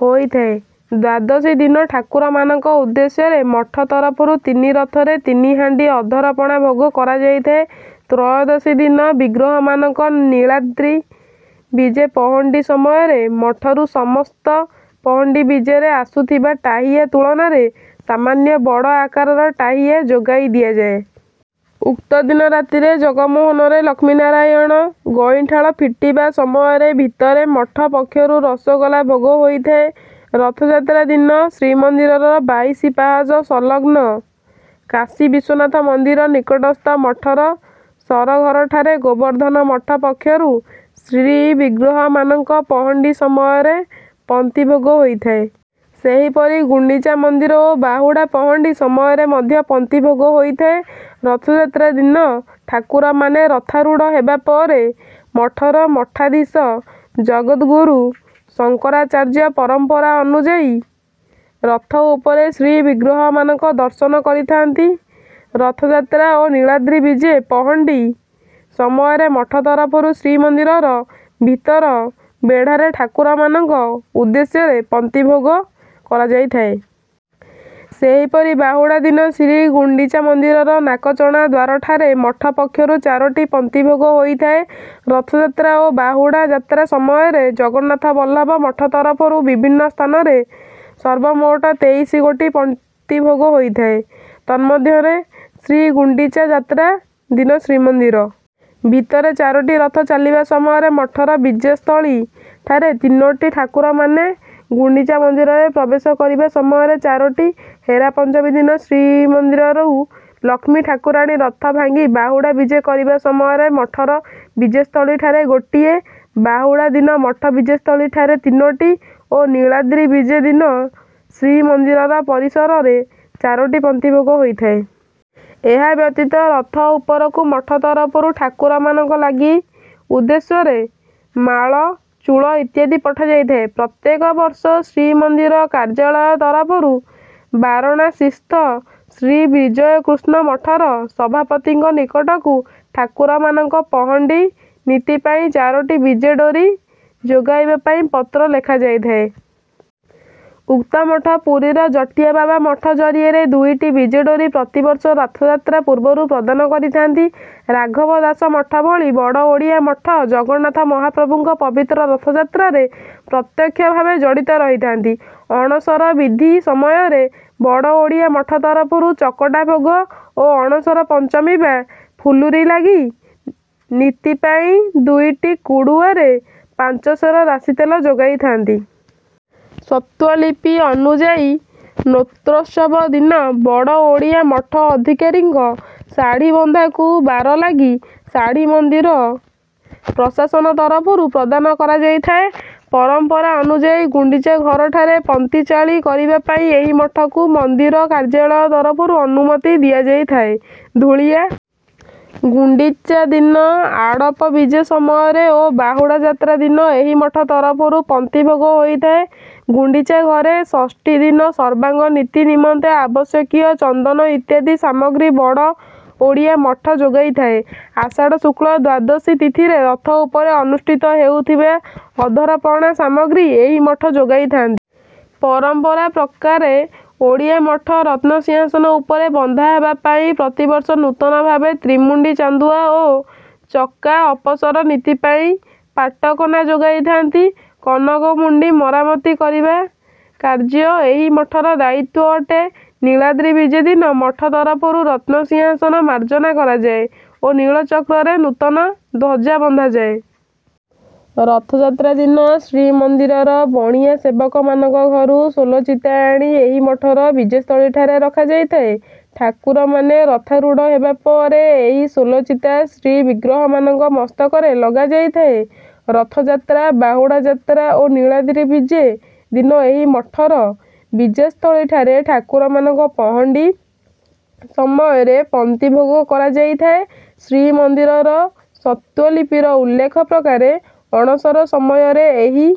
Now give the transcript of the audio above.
ହୋଇଥାଏ। ଦ୍ୱାଦଶୀ ଦିନ ଠାକୁରମାନଙ୍କ ଉଦ୍ଦେଶ୍ୟରେ ମଠ ତରଫରୁ ତିନି ରଥରେ ତିନି ହାଣ୍ଡି ଅଧର ପଣା ଭୋଗ କରାଯାଇଥାଏ। ତ୍ରୟୋଦଶୀ ଦିନ ବିଗ୍ରହମାନଙ୍କ ନୀଳାଦ୍ରି ବିଜେ ପହଣ୍ଡି ସମୟରେ ମଠରୁ ସମସ୍ତ ପହଣ୍ଡି ବିଜେରେ ଆସୁଥିବା ଟାହିୟା ତୁଳନାରେ ସାମାନ୍ୟ ବଡ଼ ଆକାରର ଟାହିୟା ଯୋଗାଇ ଦିଆଯାଏ। ଉକ୍ତ ଦିନ ରାତିରେ ଜଗମୋହନରେ ଲକ୍ଷ୍ମୀନାରାୟଣ ଗଇଁଠାଳ ଫିଟିବା ସମୟରେ ଭିତରେ ମଠ ପକ୍ଷରୁ ରସଗୋଲା ଭୋଗ ହୋଇଥାଏ। ରଥଯାତ୍ରା ଦିନ ଶ୍ରୀମନ୍ଦିରର ବାଇଶି ପାହାଚ ସଂଲଗ୍ନ କାଶୀ ବିଶ୍ୱନାଥ ମନ୍ଦିର ନିକଟସ୍ଥ ମଠର ସରଘରଠାରେ ଗୋବର୍ଦ୍ଧନ ମଠ ପକ୍ଷରୁ ଶ୍ରୀବିଗ୍ରହମାନଙ୍କ ପହଣ୍ଡି ସମୟରେ ପନ୍ତି ଭୋଗ ହୋଇଥାଏ। ସେହିପରି ଗୁଣ୍ଡିଚା ମନ୍ଦିର ଓ ବାହୁଡ଼ା ପହଣ୍ଡି ସମୟରେ ମଧ୍ୟ ପନ୍ତି ଭୋଗ ହୋଇଥାଏ। ରଥଯାତ୍ରା ଦିନ ଠାକୁରମାନେ ରଥାରୂଢ଼ ହେବା ପରେ ମଠର ମଠାଧୀଶ ଜଗଦ୍‌ଗୁରୁ ଶଙ୍କରାଚାର୍ଯ୍ୟ ପରମ୍ପରା ଅନୁଯାୟୀ ରଥ ଉପରେ ଶ୍ରୀବିଗ୍ରହମାନଙ୍କ ଦର୍ଶନ କରିଥାନ୍ତି। ରଥଯାତ୍ରା ଓ ନୀଳାଦ୍ରି ବିଜେ ପହଣ୍ଡି ସମୟରେ ମଠ ତରଫରୁ ଶ୍ରୀମନ୍ଦିରର ଭିତର ବେଢ଼ାରେ ଠାକୁରମାନଙ୍କ ଉଦ୍ଦେଶ୍ୟରେ ପନ୍ତି ଭୋଗ କରାଯାଇଥାଏ। ସେହିପରି ବାହୁଡ଼ା ଦିନ ଶ୍ରୀଗୁଣ୍ଡିଚା ମନ୍ଦିରର ନାକଚଣା ଦ୍ୱାରଠାରେ ମଠ ପକ୍ଷରୁ ଚାରୋଟି ପନ୍ତି ଭୋଗ ହୋଇଥାଏ। ରଥଯାତ୍ରା ଓ ବାହୁଡ଼ା ଯାତ୍ରା ସମୟରେ ଜଗନ୍ନାଥବଲ୍ଲଭ ମଠ ତରଫରୁ ବିଭିନ୍ନ ସ୍ଥାନରେ ସର୍ବମୋଟ ତେଇଶି ଗୋଟି ପନ୍ତି ଭୋଗ ହୋଇଥାଏ। ତନ୍ମଧ୍ୟରେ ଶ୍ରୀଗୁଣ୍ଡିଚା ଯାତ୍ରା ଦିନ ଶ୍ରୀମନ୍ଦିର ଭିତରେ ଚାରୋଟି, ରଥ ଚାଲିବା ସମୟରେ ମଠର ବିଜେସ୍ଥଳୀଠାରେ ତିନୋଟି, ଠାକୁରମାନେ ଗୁଣ୍ଡିଚା ମନ୍ଦିରରେ ପ୍ରବେଶ କରିବା ସମୟରେ ଚାରୋଟି, ହେରାପଞ୍ଚମୀ ଦିନ ଶ୍ରୀମନ୍ଦିରରୁ ଲକ୍ଷ୍ମୀ ଠାକୁରାଣୀ ରଥ ଭାଙ୍ଗି ବାହୁଡ଼ା ବିଜେ କରିବା ସମୟରେ ମଠର ବିଜେସ୍ଥଳୀଠାରେ ଗୋଟିଏ, ବାହୁଡ଼ା ଦିନ ମଠ ବିଜେସ୍ଥଳୀଠାରେ ତିନୋଟି ଓ ନୀଳାଦ୍ରି ବିଜେ ଦିନ ଶ୍ରୀମନ୍ଦିରର ପରିସରରେ ଚାରୋଟି ପନ୍ତି ଭୋଗ ହୋଇଥାଏ। ଏହା ବ୍ୟତୀତ ରଥ ଉପରକୁ ମଠ ତରଫରୁ ଠାକୁରମାନଙ୍କ ଲାଗି ଉଦ୍ଦେଶ୍ୟରେ ମାଳ, ଚୂଳ ଇତ୍ୟାଦି ପଠାଯାଇଥାଏ। ପ୍ରତ୍ୟେକ ବର୍ଷ ଶ୍ରୀମନ୍ଦିର କାର୍ଯ୍ୟାଳୟ ତରଫରୁ ବାରଣାସୀସ୍ଥ ଶ୍ରୀ ବିଜୟକୃଷ୍ଣ ମଠର ସଭାପତିଙ୍କ ନିକଟକୁ ଠାକୁରମାନଙ୍କ ପହଣ୍ଡି ନୀତି ପାଇଁ ଚାରୋଟି ବିଜେ ଡୋରି ଯୋଗାଇବା ପାଇଁ ପତ୍ର ଲେଖା ଯାଇଥାଏ। ଉକ୍ତ ମଠ ପୁରୀର ଜଟିଆ ବାବା ମଠ ଜରିଆରେ ଦୁଇଟି ବିଜେ ଡୋରି ପ୍ରତିବର୍ଷ ରଥଯାତ୍ରା ପୂର୍ବରୁ ପ୍ରଦାନ କରିଥାନ୍ତି। ରାଘବ ଦାସ ମଠ ଭଳି ବଡ଼ ଓଡ଼ିଆ ମଠ ଜଗନ୍ନାଥ ମହାପ୍ରଭୁଙ୍କ ପବିତ୍ର ରଥଯାତ୍ରାରେ ପ୍ରତ୍ୟକ୍ଷ ଭାବେ ଜଡ଼ିତ ରହିଥାନ୍ତି। ଅଣସର ବିଧି ସମୟରେ ବଡ଼ ଓଡ଼ିଆ ମଠ ତରଫରୁ ଚକଟା ଭୋଗ ଓ ଅଣସର ପଞ୍ଚମୀ ବା ଫୁଲୁରି ଲାଗି ନୀତି ପାଇଁ ଦୁଇଟି କୁଡ଼ୁଆରେ ପାଞ୍ଚ ସେର ରାଶି ତେଲ ଯୋଗାଇଥାନ୍ତି। ସ୍ୱତ୍ତ୍ୱଲିପି ଅନୁଯାୟୀ ନେତ୍ରୋତ୍ସବ ଦିନ ବଡ଼ ଓଡ଼ିଆ ମଠ ଅଧିକାରୀଙ୍କ ଶାଢ଼ୀ ବନ୍ଧାକୁ ବାର ଲାଗି ଶାଢ଼ୀ ମନ୍ଦିର ପ୍ରଶାସନ ତରଫରୁ ପ୍ରଦାନ କରାଯାଇଥାଏ। ପରମ୍ପରା ଅନୁଯାୟୀ ଗୁଣ୍ଡିଚା ଘରଠାରେ ପନ୍ତି ଚାଳି କରିବା ପାଇଁ ଏହି ମଠକୁ ମନ୍ଦିର କାର୍ଯ୍ୟାଳୟ ତରଫରୁ ଅନୁମତି ଦିଆଯାଇଥାଏ। ଧୂଳିଆ- ଗୁଣ୍ଡିଚା ଦିନ ଆଡ଼ପ ବିଜେ ସମୟରେ ଓ ବାହୁଡ଼ା ଯାତ୍ରା ଦିନ ଏହି ମଠ ତରଫରୁ ପନ୍ତିଭୋଗ ହୋଇଥାଏ। ଗୁଣ୍ଡିଚା ଘରେ ଷଷ୍ଠୀ ଦିନ ସର୍ବାଙ୍ଗ ନୀତି ନିମନ୍ତେ ଆବଶ୍ୟକୀୟ ଚନ୍ଦନ ଇତ୍ୟାଦି ସାମଗ୍ରୀ ବଡ଼ ଓଡ଼ିଆ ମଠ ଯୋଗାଇଥାଏ। ଆଷାଢ଼ ଶୁକ୍ଳ ଦ୍ୱାଦଶୀ ତିଥିରେ ରଥ ଉପରେ ଅନୁଷ୍ଠିତ ହେଉଥିବା ଅଧରପଣା ସାମଗ୍ରୀ ଏହି ମଠ ଯୋଗାଇଥାନ୍ତି। ପରମ୍ପରା ପ୍ରକାରେ ଓଡ଼ିଆ ମଠ ରତ୍ନସିଂହାସନ ଉପରେ ବନ୍ଧା ହେବା ପାଇଁ ପ୍ରତିବର୍ଷ ନୂତନ ଭାବେ ତ୍ରିମୁଣ୍ଡି ଚାନ୍ଦୁଆ ଓ ଚକା ଅପସର ନୀତି ପାଇଁ ପାଟ କନା ଯୋଗାଇଥାନ୍ତି। କନକମୁଣ୍ଡି ମରାମତି କରିବା କାର୍ଯ୍ୟ ଏହି ମଠର ଦାୟିତ୍ୱ ଅଟେ। ନୀଳାଦ୍ରି ବିଜେ ଦିନ ମଠ ତରଫରୁ ରତ୍ନସିଂହାସନ ମାର୍ଜନା କରାଯାଏ ଓ ନୀଳଚକ୍ରରେ ନୂତନ ଧ୍ୱଜା ବନ୍ଧାଯାଏ। ରଥଯାତ୍ରା ଦିନ ଶ୍ରୀମନ୍ଦିରର ବଣିଆ ସେବକମାନଙ୍କ ଘରୁ ସୋଲ ଚିତା ଆଣି ଏହି ମଠର ବିଜେସ୍ଥଳୀଠାରେ ରଖାଯାଇଥାଏ। ଠାକୁରମାନେ ରଥାରୂଢ଼ ହେବା ପରେ ଏହି ସୋଲ ଚିତା ଶ୍ରୀବିଗ୍ରହମାନଙ୍କ ମସ୍ତକରେ ଲଗାଯାଇଥାଏ। ରଥଯାତ୍ରା, ବାହୁଡ଼ା ଯାତ୍ରା ଓ ନୀଳାଦ୍ରି ବିଜେ ଦିନ ଏହି ମଠର ବିଜେସ୍ଥଳୀଠାରେ ଠାକୁରମାନଙ୍କ ପହଣ୍ଡି ସମୟରେ ପନ୍ତି ଭୋଗ କରାଯାଇଥାଏ। ଶ୍ରୀମନ୍ଦିର ସ୍ୱତ୍ତ୍ୱଲିପିର ଉଲ୍ଲେଖ ପ୍ରକାରେ ଅଣସର ସମୟରେ ଏହି...